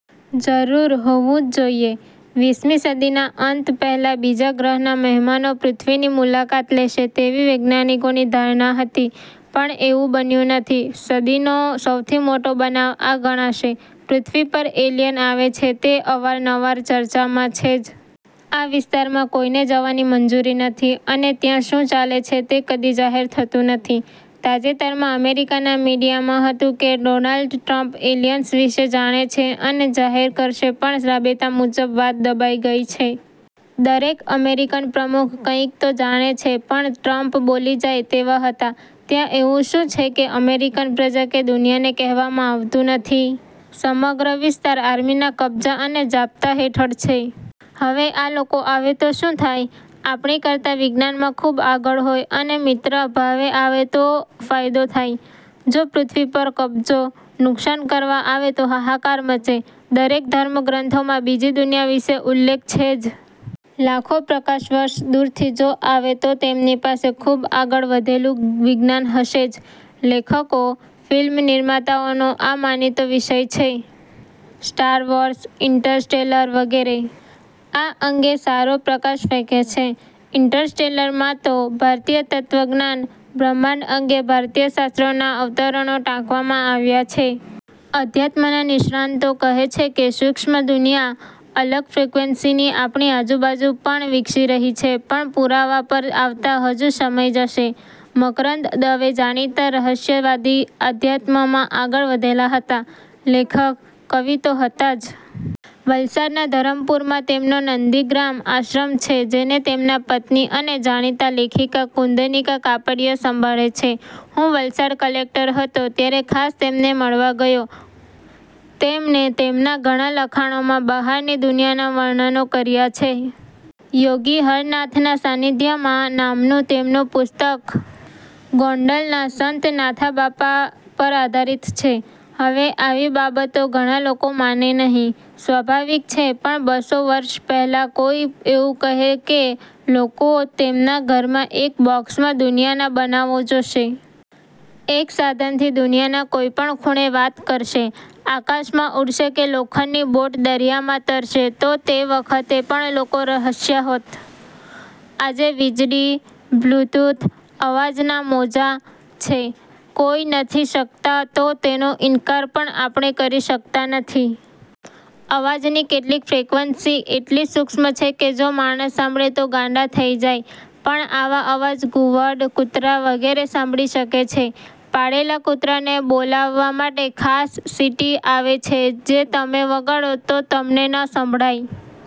જરૂર હોવું જ જોઈએ. વીસમી સદીના અંત પહેલાં બીજા ગ્રહના મહેમાનો પૃથ્વીની મુલાકાત લેશે તેવી વૈજ્ઞાનિકોની ધારણા હતી, પણ એવું બન્યું નથી. સદીનો સૌથી મોટો બનાવ આ ગણાશે. પૃથ્વી પર એલિયન આવે છે તે અવારનવાર ચર્ચામાં છે જ. આ વિસ્તારમાં કોઈને જવાની મંજુરી નથી અને ત્યાં શું ચાલે છે તે કદી જાહેર થતું નથી. તાજેતરમાં અમેરિકાના મીડિયા માં હતું કે ડોનાલ્ડ ટ્રમ્પ એલિયન્સ વિશે જાણે છે અને જાહેર કરશે પણ રાબેતા મુજબ વાત દબાઈ ગઈ છે. દરેક અમેરિકન પ્રમુખ કંઇક તો જાણે છે પણ ટ્રમ્પ બોલી જાય તેવા હતા. ત્યાં એવું શું છે કે અમેરિકન પ્રજા કે દુનિયાને કહેવામાં આવતું નથી? સમગ્ર વિસ્તાર આર્મીના કબજા અને જાપ્તા હેઠળ છે. હવે આ લોકો આવે તો શું થાય? આપણી કરતા વિજ્ઞાનમાં ખૂબ આગળ હોય અને મિત્ર ભાવે આવે તો ફાયદો થાય. જો પૃથ્વી પર કબજો, નુકસાન કરવા આવે તો હાહાકાર મચે. દરેક ધર્મ ગ્રંથોમાં બીજી દુનિયા વિશે ઉલ્લેખ છે જ. લાખો પ્રકાશ વર્ષ દૂરથી જો આવે તો તેમની પાસે ખૂબ આગળ વધેલું વિજ્ઞાન હશે જ. લેખકો, ફિલ્મ નિર્માતાઓનો આ માનીતો વિષય છે. સ્ટાર વૉર્સ, ઇન્ટરસ્ટેલર વગેરે, આ અંગે સારો પ્રકાશ ફેંકે છે. ઇન્ટરસ્ટેલર માં તો ભારતીય તત્વજ્ઞાન, બ્રહ્માંડ અંગે ભારતીય શાસ્ત્રોના અવતરણો ટાંકવામાં આવ્યા છે. અધ્યાત્મના નિષ્ણાંતો કહે છે કે સૂક્ષ્મ દુનિયા, અલગ ફ્રેક્વેનસી ની આપણી આજુબાજુ પણ વિકસી રહી છે પણ પુરાવા પર આવતા હજુ સમય જશે. મકરંદ દવે જાણીતા રહસ્યવાદી, અધ્યાત્મ માં આગળ વધેલા હતા. લેખક, કવિ તો હતાં જ. વલસાડના ધરમપુરમાં તેમનો "નંદીગ્રામ" આશ્રમ છે જેને તેમના પત્ની અને જાણીતા લેખિકા કુન્દનિકા કાપડીઆ સંભાળે છે. હું વલસાડ કલેકટર હતો ત્યારે ખાસ તેમને મળવા ગયો. તેમને તેમના ઘણા લખાણો માં બહારની દુનિયાના વર્ણનો કર્યા છે. "યોગી હરનાથના સાનિધ્યમાં" નામનું તેમનું પુસ્તક ગોંડલના સંત નાથાબાપા પર આધારિત છે. હવે આવી બાબતો ઘણા લોકો માને નહિ. સ્વાભાવિક છે પણ બસો વર્ષ પહેલાં કોઈ એવું કહે કે લોકો તેમના ઘરમાં એક બોકસમાં દુનિયાના બનાવો જોશે. એક સાધનથી દુનિયાના કોઈ પણ ખૂણે વાત કરશે, આકાશમાં ઉડશે કે લોખંડની બોટ દરિયામાં તરશે તો તે વખતે પણ લોકો હસ્યા હોત. આજે વીજળી, બ્લ્યુટૂથ, અવાજના મોજા, છે, જોઈ નથી શકતા તો તેનો ઇનકાર પણ આપણે કરી શકતા નથી. અવાજની કેટલીક ફ્રેક્વેનસી એટલી સૂક્ષ્મ છે કે જો માણસ સાંભળે તો ગાંડો થઈ જાય, પણ આવા અવાજ ઘુવડ, કૂતરા વગેરે સાંભળી શકે છે. પાળેલા કૂતરાને બોલાવવા માટે ખાસ સીટી આવે છે જે તમે વગાડો તો તમને ન સંભળાય